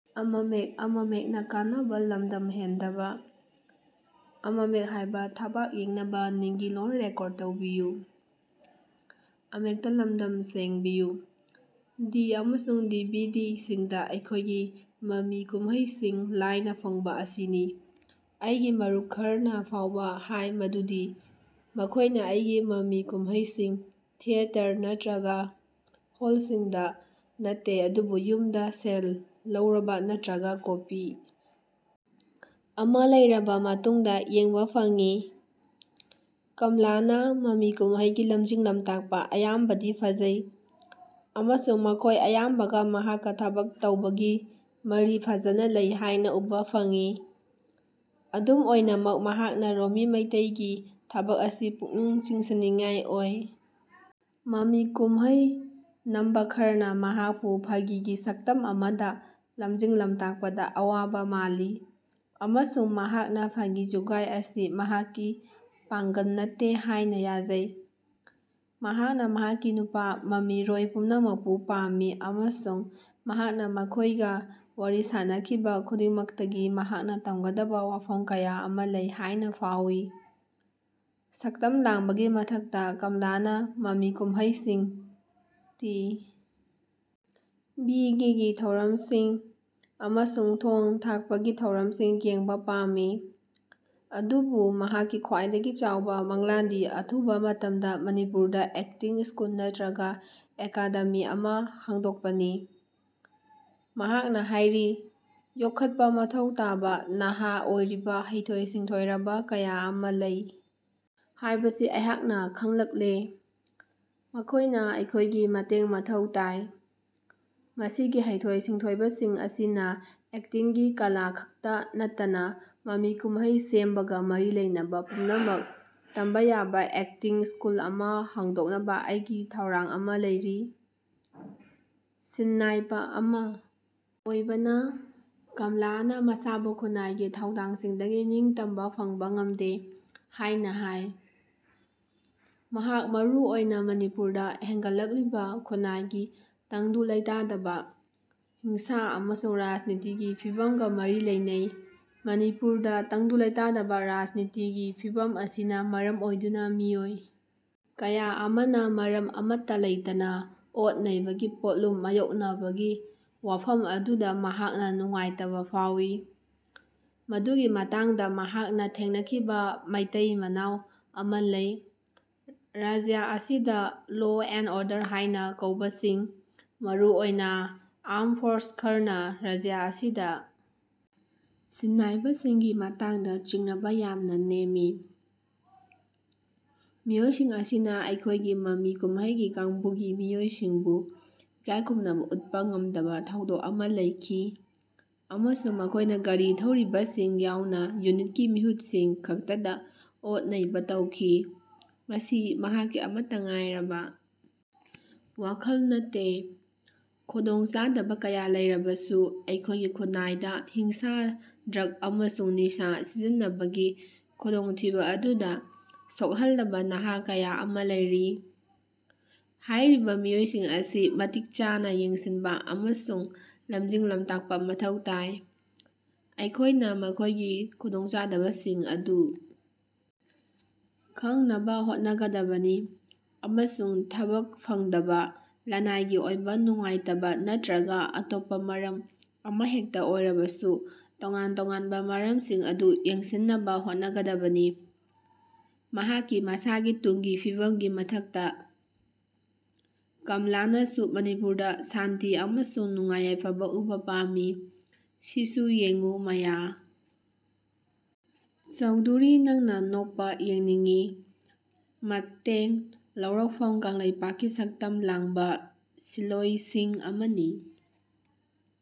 ꯗꯤ. ꯑꯃꯁꯨꯡ D. V. D. ꯁꯤꯡꯗ ꯑꯩꯈꯣꯏꯒꯤ ꯃꯃꯤ ꯀꯨꯝꯍꯩꯁꯤꯡ ꯂꯥꯏꯅ ꯐꯪꯕ ꯑꯁꯤꯅꯤ ꯫ ꯑꯩꯒꯤ ꯃꯔꯨꯞ ꯈꯔꯅ ꯐꯥꯎꯕ ꯍꯥꯏ ꯃꯗꯨꯗꯤ ꯃꯈꯣꯏꯅ ꯑꯩꯒꯤ ꯃꯃꯤ ꯀꯨꯝꯍꯩꯁꯤꯡ ꯊꯤꯌꯦꯇꯔ ꯅꯠꯇ꯭ꯔꯒ ꯍꯣꯜꯁꯤꯡꯗ ꯅꯠꯇꯦ ꯑꯗꯨꯕꯨ ꯌꯨꯝꯗ ꯁꯦꯟ ꯂꯧꯔꯕ ꯅꯠꯇ꯭ꯔꯒ ꯀꯣꯄꯤ ꯑꯃ ꯂꯩꯔꯕ ꯃꯇꯨꯡꯗ ꯌꯦꯡꯕ ꯐꯪꯏ꯫ ꯀꯃꯂꯥꯅ ꯃꯃꯤ ꯀꯨꯝꯍꯩꯒꯤ ꯂꯝꯖꯤꯡ-ꯂꯝꯇꯥꯛꯄ ꯑꯌꯥꯝꯕꯗꯤ ꯐꯖꯩ ꯑꯃꯁꯨꯡ ꯃꯈꯣꯏ ꯑꯌꯥꯝꯕꯒ ꯃꯍꯥꯛꯀ ꯊꯕꯛ ꯇꯧꯕꯒꯤ ꯃꯔꯤ ꯐꯖꯅ ꯂꯩ ꯍꯥꯏꯅ ꯎꯕ ꯐꯪꯏ꯫ ꯑꯗꯨꯝ ꯑꯣꯏꯅꯃꯛ ꯃꯍꯥꯛꯅ ꯔꯣꯃꯤ ꯃꯩꯇꯩꯒꯤ ꯊꯕꯛ ꯑꯁꯤ ꯄꯨꯛꯅꯤꯡ ꯆꯤꯡꯁꯤꯟꯅꯤꯡꯉꯥꯏ ꯑꯣꯏ꯫ ꯃꯃꯤ ꯀꯨꯝꯍꯩ ꯅꯝꯕ ꯈꯔꯅ ꯃꯍꯥꯛꯄꯨ ꯐꯥꯒꯤꯒꯤ ꯁꯛꯇꯝ ꯑꯃꯗ ꯂꯝꯖꯤꯡ-ꯂꯝꯇꯥꯛꯄꯗ ꯑꯋꯥꯕ ꯃꯥꯜꯂꯤ ꯑꯃꯁꯨꯡ ꯃꯍꯥꯛꯅ ꯐꯥꯒꯤ-ꯖꯨꯒꯥꯏ ꯑꯁꯤ ꯃꯍꯥꯛꯀꯤ ꯄꯥꯡꯒꯜ ꯅꯠꯇꯦ ꯍꯥꯏꯅ ꯌꯥꯖꯩ꯫ ꯃꯍꯥꯛꯅ ꯃꯍꯥꯛꯀꯤ ꯅꯨꯄꯥ ꯃꯃꯤꯔꯣꯏ ꯄꯨꯝꯅꯃꯛꯄꯨ ꯄꯥꯝꯃꯤ ꯑꯃꯁꯨꯡ ꯃꯍꯥꯛꯅ ꯃꯈꯣꯏꯒ ꯋꯥꯔꯤ ꯁꯥꯅꯈꯤꯕ ꯈꯨꯗꯤꯡꯃꯛꯇꯒꯤ ꯃꯍꯥꯛꯅ ꯇꯝꯒꯗꯕ ꯋꯥꯐꯝ ꯀꯌꯥ ꯑꯃ ꯂꯩ ꯍꯥꯏꯅ ꯐꯥꯎꯏ꯫ ꯁꯛꯇꯝ ꯂꯥꯡꯕꯒꯤ ꯃꯊꯛꯇ ꯀꯃꯂꯥꯅ ꯃꯃꯤ ꯀꯨꯝꯍꯩꯁꯤꯡ, ꯇꯤ. ꯚꯤ. ꯒꯤ ꯊꯧꯔꯝꯁꯤꯡ ꯑꯃꯁꯨꯡ ꯊꯣꯡ-ꯊꯥꯛꯄꯒꯤ ꯊꯧꯔꯝꯁꯤꯡ ꯌꯦꯡꯕ ꯄꯥꯝꯃꯤ꯫ ꯑꯗꯨꯕꯨ ꯃꯍꯥꯛꯀꯤ ꯈ꯭ꯋꯥꯏꯗꯒꯤ ꯆꯥꯎꯕ ꯃꯪꯂꯥꯟꯗꯤ ꯑꯊꯨꯕ ꯃꯇꯝꯗ ꯃꯅꯤꯄꯨꯔꯗ ꯑꯦꯛꯇꯤꯡ ꯁ꯭ꯀꯨꯜ ꯅꯠꯇ꯭ꯔꯒ ꯑꯦꯀꯥꯗꯦꯃꯤ ꯑꯃ ꯍꯥꯡꯗꯣꯛꯄꯅꯤ꯫ ꯃꯍꯥꯛꯅ ꯍꯥꯏꯔꯤ, "ꯌꯣꯛꯈꯠꯄ ꯃꯊꯧ ꯇꯥꯕ ꯅꯍꯥ ꯑꯣꯏꯔꯤꯕ ꯍꯩꯊꯣꯏ-ꯁꯤꯡꯊꯣꯏꯔꯕ ꯀꯌꯥ ꯑꯃ ꯂꯩ ꯍꯥꯏꯕꯁꯤ ꯑꯩꯍꯥꯛꯅ ꯈꯪꯂꯛꯂꯦ꯫ ꯃꯈꯣꯏꯅ ꯑꯩꯈꯣꯏꯒꯤ ꯃꯇꯦꯡ ꯃꯊꯧ ꯇꯥꯏ꯫ ꯃꯁꯤꯒꯤ ꯍꯩꯊꯣꯏ-ꯁꯤꯡꯊꯣꯏꯕꯁꯤꯡ ꯑꯁꯤꯅ ꯑꯦꯛꯇꯤꯡꯒꯤ ꯀꯂꯥ ꯈꯛꯇ ꯅꯠꯇꯅ ꯃꯃꯤ ꯀꯨꯝꯍꯩ ꯁꯦꯝꯕꯒ ꯃꯔꯤ ꯂꯩꯅꯕ ꯄꯨꯝꯅꯃꯛ ꯇꯝꯕ ꯌꯥꯕ ꯑꯦꯛꯇꯤꯡ ꯁ꯭ꯀꯨꯜ ꯑꯃ ꯍꯥꯡꯗꯣꯛꯅꯕ ꯑꯩꯒꯤ ꯊꯧꯔꯥꯡ ꯑꯃ ꯂꯩꯔꯤ"꯫ ꯁꯤꯟꯅꯥꯏꯕ ꯑꯃ ꯑꯣꯏꯕꯅ ꯀꯝꯂꯥꯅ ꯃꯁꯥꯕꯨ ꯈꯨꯟꯅꯥꯏꯒꯤ ꯊꯧꯗꯥꯡꯁꯤꯡꯗꯒꯤ ꯅꯤꯡꯇꯝꯕ ꯐꯪꯕ ꯉꯝꯗꯦ ꯍꯥꯏꯅ ꯍꯥꯏ꯫ ꯃꯍꯥꯛ ꯃꯔꯨ ꯑꯣꯏꯅ ꯃꯅꯤꯄꯨꯔꯗ ꯍꯦꯟꯒꯠꯂꯛꯂꯤꯕ ꯈꯨꯟꯅꯥꯏꯒꯤ ꯇꯪꯗꯨ ꯂꯩꯇꯥꯗꯕ, ꯍꯤꯡꯁꯥ ꯑꯃꯁꯨꯡ ꯔꯥꯖꯅꯤꯇꯤꯒꯤ ꯐꯤꯚꯝꯒ ꯃꯔꯤ ꯂꯩꯅꯩ꯫ ꯃꯅꯤꯄꯨꯔꯗ ꯇꯪꯗꯨ ꯂꯩꯇꯥꯗꯕ ꯔꯥꯖꯅꯤꯇꯤꯒꯤ ꯐꯤꯚꯝ ꯑꯁꯤꯅ ꯃꯔꯝ ꯑꯣꯏꯗꯨꯅ ꯃꯤꯑꯣꯏ ꯀꯌꯥ ꯑꯃꯅ ꯃꯔꯝ ꯑꯃꯠꯇ ꯂꯩꯇꯅ ꯑꯣꯠ-ꯅꯩꯕꯒꯤ ꯄꯣꯠꯂꯨꯝ ꯃꯥꯌꯣꯛꯅꯕꯒꯤ ꯋꯥꯐꯝ ꯑꯗꯨꯗ ꯃꯍꯥꯛꯅ ꯅꯨꯡꯉꯥꯏꯇꯕ ꯐꯥꯎꯏ꯫ ꯃꯗꯨꯒꯤ ꯃꯇꯥꯡꯗ ꯃꯍꯥꯛꯅ ꯊꯦꯡꯅꯈꯤꯕ ꯃꯇꯩ-ꯃꯅꯥꯎ ꯑꯃ ꯂꯩ꯫ "ꯔꯥꯖ꯭ꯌ ꯑꯁꯤꯗ ꯂꯣ ꯑꯦꯟꯗ ꯑꯣꯔꯗꯔ ꯍꯥꯏꯅ ꯀꯧꯕꯁꯤꯡ, ꯃꯔꯨꯑꯣꯏꯅ ꯑꯥꯔꯝ ꯐꯣꯔꯁ ꯈꯔꯅ ꯔꯥꯖ꯭ꯌ ꯑꯁꯤꯗ ꯁꯤꯟꯅꯥꯏꯕꯁꯤꯡꯒꯤ ꯃꯇꯥꯡꯗ ꯆꯤꯡꯅꯕ ꯌꯥꯝꯅ ꯅꯦꯝꯃꯤ꯫ ꯃꯤꯑꯣꯏꯁꯤꯡ ꯑꯁꯤꯅ ꯑꯩꯈꯣꯏꯒꯤ ꯃꯃꯤ ꯀꯨꯝꯍꯩꯒꯤ ꯀꯥꯡꯕꯨꯒꯤ ꯃꯤꯑꯣꯏꯁꯤꯡꯕꯨ ꯏꯀꯥꯏ ꯈꯨꯝꯅꯕ ꯎꯠꯄ ꯉꯝꯗꯕ ꯊꯧꯗꯣꯛ ꯑꯃ ꯂꯩꯈꯤ ꯑꯃꯁꯨꯡ ꯃꯈꯣꯏꯅ ꯒꯥꯔꯤ ꯊꯧꯔꯤꯕꯁꯤꯡ ꯌꯥꯎꯅ ꯌꯨꯅꯤꯠꯀꯤ ꯃꯤꯍꯨꯠꯁꯤꯡ ꯈꯛꯇꯗ ꯑꯣꯠ-ꯅꯩꯕ ꯇꯧꯈꯤ"꯫ ꯃꯁꯤ ꯃꯍꯥꯛꯀꯤ ꯑꯃꯠꯇ ꯉꯥꯏꯔꯕ ꯋꯥꯈꯜ ꯅꯠꯇꯦ꯫ "ꯈꯨꯗꯣꯡꯆꯥꯗꯕ ꯀꯌꯥ ꯂꯩꯔꯕꯁꯨ, ꯑꯩꯈꯣꯏꯒꯤ ꯈꯨꯟꯅꯥꯏꯗ ꯍꯤꯡꯁꯥ, ꯗ꯭ꯔꯒ ꯑꯃꯁꯨꯡ ꯅꯤꯁꯥ ꯁꯤꯖꯤꯟꯅꯕꯒꯤ ꯈꯨꯗꯣꯡꯊꯤꯕ ꯑꯗꯨꯗ ꯁꯣꯛꯍꯜꯂꯕ ꯅꯍꯥ ꯀꯌꯥ ꯑꯃ ꯂꯩꯔꯤ꯫ ꯍꯥꯏꯔꯤꯕ ꯃꯤꯑꯣꯏꯁꯤꯡ ꯑꯁꯤ ꯃꯇꯤꯛ ꯆꯥꯅ ꯌꯦꯡꯁꯤꯟꯕ ꯑꯃꯁꯨꯡ ꯂꯝꯖꯤꯡ-ꯂꯝꯇꯥꯛꯄ ꯃꯊꯧ ꯇꯥꯏ꯫ ꯑꯩꯈꯣꯏꯅ ꯃꯈꯣꯏꯒꯤ ꯈꯨꯗꯣꯡꯆꯥꯗꯕꯁꯤꯡ ꯑꯗꯨ ꯈꯪꯅꯕ ꯍꯣꯠꯅꯒꯗꯕꯅꯤ ꯑꯃꯁꯨꯡ ꯊꯕꯛ ꯐꯪꯗꯕ, ꯂꯅꯥꯏꯒꯤ ꯑꯣꯏꯕ ꯅꯨꯡꯉꯥꯏꯇꯕ ꯅꯠꯇ꯭ꯔꯒ ꯑꯇꯣꯞꯄ ꯃꯔꯝ ꯑꯃꯍꯦꯛꯇ ꯑꯣꯏꯔꯕꯁꯨ ꯇꯣꯉꯥꯟ-ꯇꯣꯉꯥꯟꯕ ꯃꯔꯝꯁꯤꯡ ꯑꯗꯨ ꯌꯦꯡꯁꯤꯟꯅꯕ ꯍꯣꯠꯅꯒꯗꯕꯅꯤ"꯫ ꯃꯍꯥꯛꯀꯤ ꯃꯁꯥꯒꯤ ꯇꯨꯡꯒꯤ ꯐꯤꯕꯝꯒꯤ ꯃꯊꯛꯇ, ꯀꯝꯂꯥꯅꯁꯨ ꯃꯅꯤꯄꯨꯔꯗ ꯁꯥꯟꯇꯤ ꯑꯃꯁꯨꯡ ꯅꯨꯡꯉꯥꯏ-ꯌꯥꯏꯐꯕ ꯎꯕ ꯄꯥꯝꯃꯤ꯫ ꯁꯤꯁꯨ ꯌꯦꯡꯉꯨ ꯃꯌꯥ ꯆꯧꯙꯨꯔꯤ ꯅꯪꯅ ꯅꯣꯛꯄ ꯌꯦꯡꯅꯤꯡꯉꯤ ꯃꯇꯦꯡ ꯂꯧꯔꯛꯐꯝ ꯀꯪꯂꯩꯄꯥꯛꯀꯤ ꯁꯛꯇꯝ ꯂꯥꯡꯕ ꯁꯤꯟꯂꯣꯢꯁꯤꯡ ꯑꯃꯅꯤ꯫